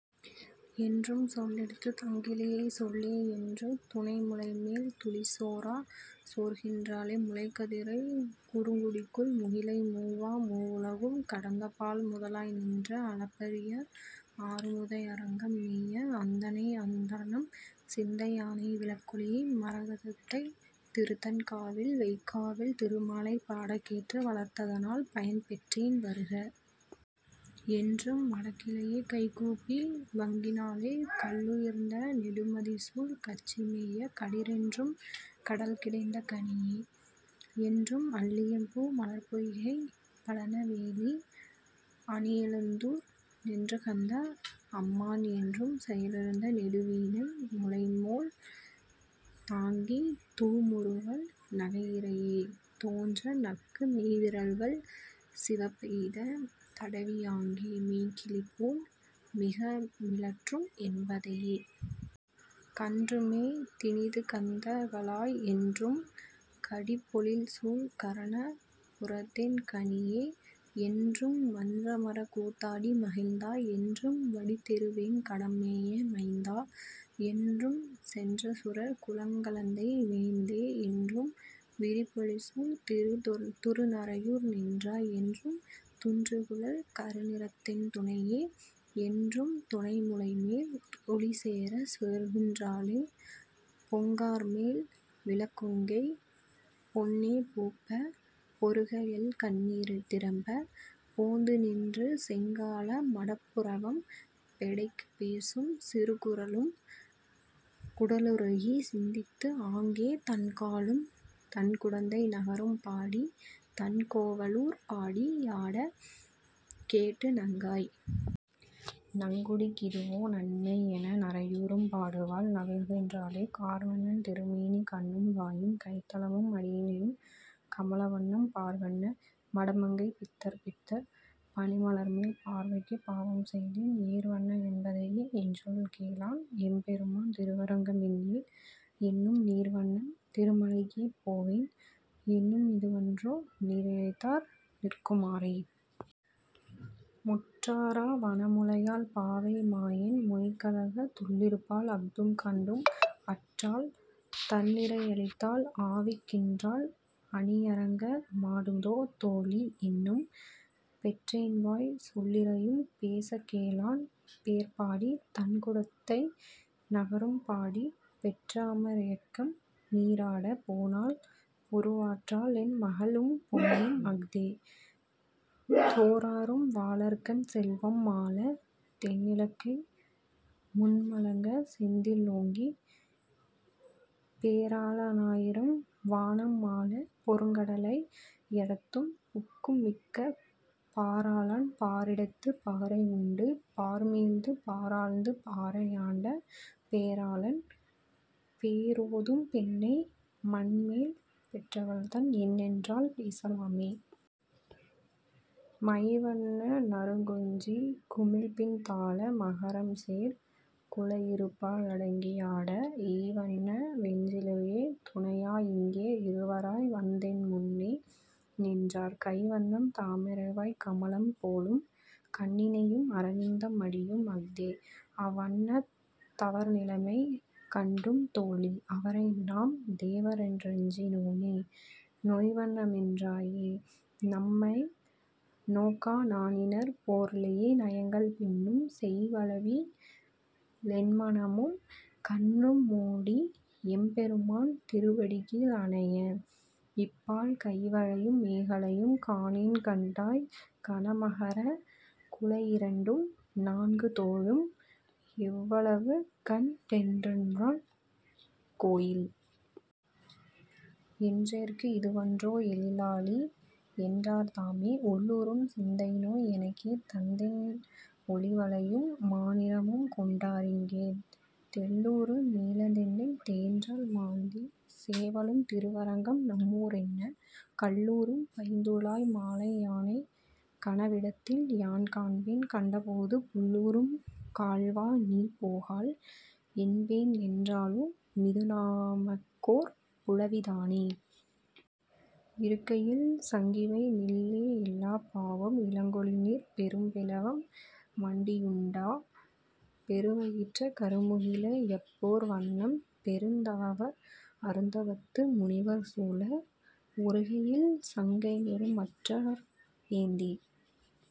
என்றும்,। சொல்லெடுத்துத் தங்கிளியைச் சொல்லே என்று துணைமுலைமேல் துளிசோரச் சோர்க்கின் றாளே. முளைக்கதிரைக் குறுங்குடியுள் முகிலை மூவா மூவுலகும் கடந்தப்பால் முதலாய் நின்ற, அளப்பரிய ஆரமுதை அரங்கம் மேய அந்தணனை அந்தணர்தம் சிந்தை யானை, விளக்கொளியை மரகதத்தைத் திருத்தண் காவில் வெஃகாவில் திருமாலைப் பாடக் கேட்டு வளர்த்ததனால் பயன்பெற்றேன் வருக. என்று மடக்கிளியைக் கைகூப்பி வங்கி னாளே. கல்லுயர்ந்த நெடுமதிள்சூழ் கச்சி மேய களிறென்றும் கடல்கிடந்த கனியே. என்றும், அல்லியம்பூ மலர்ப்பொய்கைப் பழன வேலி அணியழுந்தூர் நின்றுகந்த அம்மான் என்றும், செயலுயர்ந்த நெடுவீணை முலைமேல் தாங்கித் தூமுறுவல் நகையிறையே தோன்ற நக்கு, மெல்விரல்கள் சிவப்பெய்தத் தடவி யாங்கே மென்கிளிபோல் மிகமிழற்றும் என்பே தையே. கன்றுமேய்த் தினிதுகந்த காளாய். என்றும், கடிபொழில்சூழ் கணபுரத்தென் கனியே. என்றும், மன்றமரக் கூத்தாடி மகிழ்ந்தாய். என்றும், வடதிருவேங் கடம்மேய மைந்தா. என்றும், வென்றசுரர் குலங்களைந்த வேந்தே. என்றும், விரிபொழில்சூழ் திருநறையூர் நின்றாய். என்றும், துன்றுகுழல் கருநிறத்தென் துணையே என்றும் துணைமுலைமேல் துளிசோரச் சோர்க்கின் றாளே. பொங்கார்மெல் லிளங்கொங்கை பொன்னே பூப்பப் பொருகயல்கண் ணீரரும்பப் போந்து நின்று செங்கால மடப்புறவம் பெடைக்குப் பேசும் சிறுகுரலுக் குடலுருகிச் சிந்தித்து, ஆங்கே தண்காலும் தண்குடந்தை நகரும் பாடித் தண்கோவ லூர்ப்பாடி யாடக் கேட்டு, நங்காய். நங் குடிக்கிதுவோ நன்மை? என்ன நறையூரும் பாடுவாள் நவில்கின் றாளே. கார்வண்ணம் திருமேனி கண்ணும் வாயும் கைத்தலமும் அடியிணையும் கமல வண்ணம், பார்வண்ண மடமங்கை பித்தர் பித்தர் பனிமலர்மேல் பாவைக்குப் பாவம் செய்தேன், ஏர்வண்ண என்பேதை எஞ்சொல் கேளாள் எம்பெருமான் திருவரங்க மெங்கே? என்னும், நீர்வண்ணன் திருமலைக்கே போவேன் என்னும் இதுவன்றோ நிறையழிந்தார் நிற்கு மாறே? முற்றாரா வனமுலையாள் பாவை மாயன் மொய்யகலத் துள்ளிருப்பாள் அஃதும் கண்டும் அற்றாள், தன் நிறையழிந்தாள் ஆவிக் கின்றாள் அணியரங்க மாடுதுமோ தோழீ. என்னும், பெற்றேன்வாய்ச் சொல்லிறையும் பேசக் கேளாள் பேர்ப்பாடித் தண்குடந்தை நகரும் பாடி, பொற்றாம ரைக்கயம்நீ ராடப் போனாள் பொருவற்றா ளென்மகள்உம் பொன்னும் அஃதே. தோராளும் வாளரக்கன் செல்வம் மாளத் தென்னிலங்கை முன்மலங்கச் செந்தீ ஓங்கி, பேராள னாயிரம் வாணன் மாளப் பொருகடலை யரண்கடந்து புக்கு மிக்க பாராளன், பாரிடந்து பாரை யுண்டு பாருமிழ்ந்து பாரளந்து பாரை யாண்ட பேராளன், பேரோதும் பெண்ணை மண்மேல் பெருந்தவத்தள் என்றல்லால் பேச லாமே? மைவண்ண நறுங்குஞ்சி குழல்பின் தாழ மகரம்சேர் குழையிருபா டிலங்கி யாட, எய்வண்ண வெஞ்சிலையே துணையா இங்கே இருவராய் வந்தாரென் முன்னே நின்றார் கைவண்ணம் தாமரைவாய் கமலம் போலும் கண்ணிணையும் அரவிந்தம் அடியும் அஃதே, அவ்வண்ணத் தவர்நிலைமை கண்டும் தோழீ. அவரைநாம் தேவரென் றஞ்சி னோமே. நைவளமொன் றாராயா நம்மை நோக்கா நாணினார் போலிறையே நயங்கள் பின்னும், செய்வளவி லென்மனமும் கண்ணு மோடி எம்பெருமான் திருவடிக்கீழ் அணைய, இப்பால் கைவளையும் மேகலையும் காணேன் கண்டேன் கனமகரக் குழையிரண்டும் நான்கு தோளும், எவ்வளவுண் டெம்பெருமான் கோயில்? என்றேற்கு இதுவன்றோ எழிலாலி? என்றார் தாமே. உள்ளூரும் சிந்தைநோய் எனக்கே தந்தென் ஒளிவளையும் மாநிறமும் கொண்டா ரிங்கே, தெள்ளூரு மிளந்தெங்கின் தேறல் மாந்திச் சேவளும் திருவரங்கம் நம்மூ ரென்னக் கள்ளூரும் பைந்துழாய் மாலை யானைக் கனவிடத்தில் யான்காண்பன் கண்ட போது, புள்ளூரும் கள்வாநீ போகேல், என்பன் என்றாலு மிதுநமக்கோர் புலவி தானே? இருகையில்சங் கிவைநில்லா எல்லே பாவம். இலங்கொலிநீர் பெரும்பௌவம் மண்டி யுண்ட, பெருவயிற்ற கருமுகிலே யொப்பர் வண்ணம் பெருந்தவத்தர் அருந்தவத்து முனிவர் சூழ ஒருகையில்சங் கொருகைமற் றாழி யேந்தி